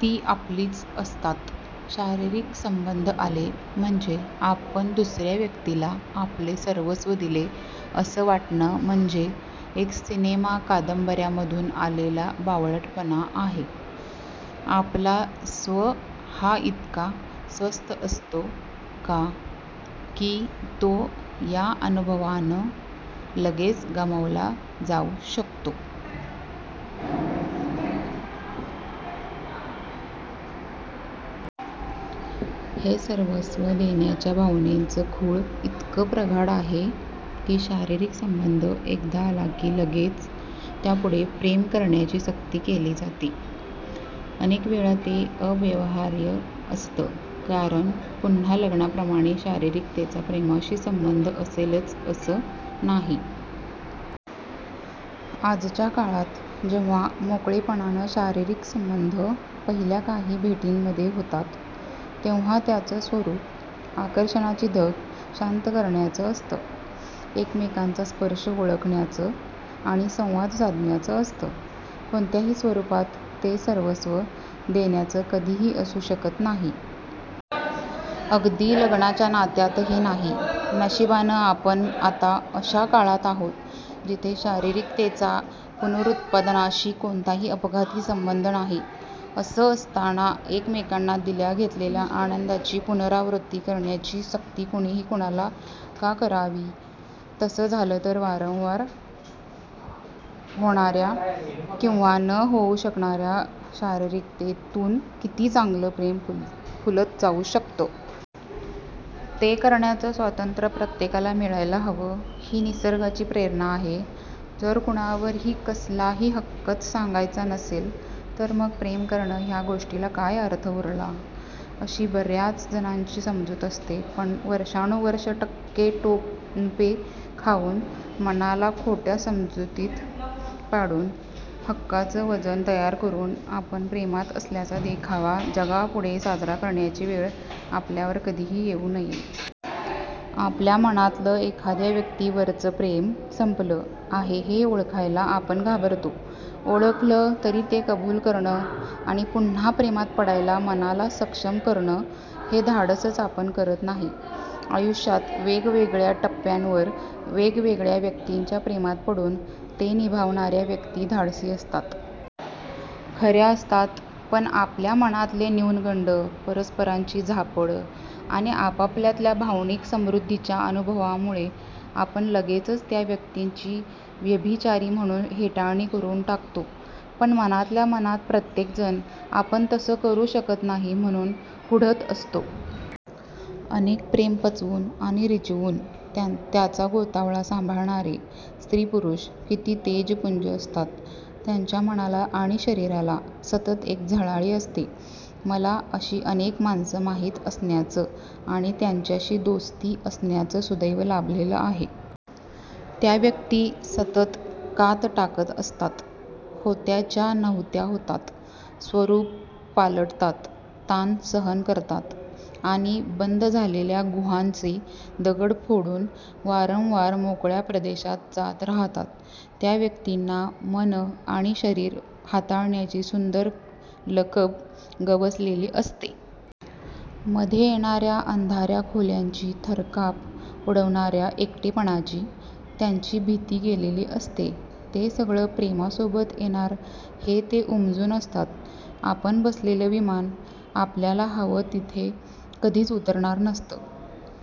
ती आपलीच असतात. शारीरिक संबंध आले म्हणजे आपण दुसऱ्या व्यक्तीला आपले सर्वस्व दिले असं वाटणं म्हणजे एक सिनेमा कादंबऱ्यांमधून आलेला बावळटपणा आहे. आपला स्व हा इतका स्वस्त असतो का, की तो या अनुभवानं लगेच गमावला जाऊ शकतो? हे सर्वस्व देण्याच्या भावनेचं खूळ इतकं प्रगाढ आहे की शारीरिक संबंध एकदा आला की लगेच त्यापुढे प्रेम करण्याची सक्ती केली जाते. अनेक वेळा ते अव्यवहार्य असतं कारण पुन्हा लग्नाप्रमाणे शारीरिकतेचा प्रेमाशी संबंध असेलच असं नाही. आजच्या काळात जेव्हा मोकळेपणानं शारीरिक संबंध पहिल्या काही भेटींमध्ये होतात तेव्हा त्याचं स्वरूप आकर्षणाची धग शांत करण्याचं असतं. एकमेकांचा स्पर्श ओळखण्याचं आणि संवाद साधण्याचं असतं. कोणत्याही स्वरूपात ते सर्वस्व देण्याचं कधीही असू शकत नाही. अगदी लग्नाच्या नात्यातही नाही. नशिबानं आपण आता अशा काळात आहोत जिथे शारीरिकतेचा पुनरुत्पादनाशी कोणताही अपघाती संबंध नाही. असं असताना एकमेकांना दिल्या घेतलेल्या आनंदाची पुनरावृत्ती करण्याची सक्ती कुणीही कुणाला का करावी? तसं झालं तर वारंवार होणार्या किंवा न होऊ शकणार्या शारीरिकतेतून किती चांगलं प्रेम फुलत जाऊ शकतं? ते करण्याचं स्वातंत्र्य प्रत्येकाला मिळायला हवं. ही निसर्गाची प्रेरणा आहे. जर कुणावर कसलाही हक्कच सांगायचा नसेल तर मग प्रेम करणं ह्या गोष्टीला काय अर्थ उरला, अशी बर्याच जणांची समजूत असते. पण वर्षानुवर्षं टक्केटोणपे खाऊन, मनाला खोट्या समजुतीत पाडून, हक्काचं वजन तयार करून आपण प्रेमात असल्याचा देखावा जगापुढे साजरा करण्याची वेळ आपल्यावर कधीही येऊ नये. आपल्या मनातलं एखाद्या व्यक्तीवरचं प्रेम संपलं आहे हे ओळखायला आपण घाबरतो. ओळखलं तरी ते कबूल करणं आणि पुन्हा प्रेमात पडायला मनाला सक्षम करणं हे धाडसच आपण करत नाही. आयुष्यात वेगवेगळ्या टप्प्यांवर वेगवेगळ्या व्यक्तींच्या प्रेमात पडून ते निभावणाऱ्या व्यक्ती धाडसी असतात. खऱ्या असतात. पण आपल्या मनातले न्यूनगंड, परस्परांची झापडं आणि आपल्यातल्या भावनिक समृद्धीच्या अनुभवामुळे आपण लगेचच त्या व्यक्तींची व्यभिचारी म्हणून हेटाळणी करून टाकतो. पण मनातल्या मनात प्रत्येकजण आपण तसं करू शकत नाही म्हणून कुढत असतो. अनेक प्रेमं पचवून आणि रिचवून त्याचा गोतावळा सांभाळणारे स्त्रीपुरुष किती तेजःपुंज असतात. त्यांच्या मनाला आणि शरीराला सतत एक झळाळी असते. मला अशी अनेक माणसं माहिती असण्याचं आणि त्यांच्याशी दोस्ती असण्याचं सुदैव लाभलेलं आहे. त्या व्यक्ती सतत कात टाकत असतात. होत्याच्या नव्हत्या होतात. स्वरूपं पालटतात. ताण सहन करतात आणि बंद झालेल्या गुहांचे दगड फोडून वारंवार मोकळ्या प्रदेशात जात राहतात. त्या व्यक्तींना मनं आणि शरीरं हाताळण्याची सुंदर लकब गवसलेली असते. मध्ये येणाऱ्या अंधाऱ्या खोल्यांची, थरकाप उडवणाऱ्या एकटेपणाची त्यांची भीती गेलेली असते. ते सगळं प्रेमासोबत येणार हे ते उमजून असतात. आपण बसलेलं विमान आपल्याला हवं तिथे कधीच उतरणार नसतं.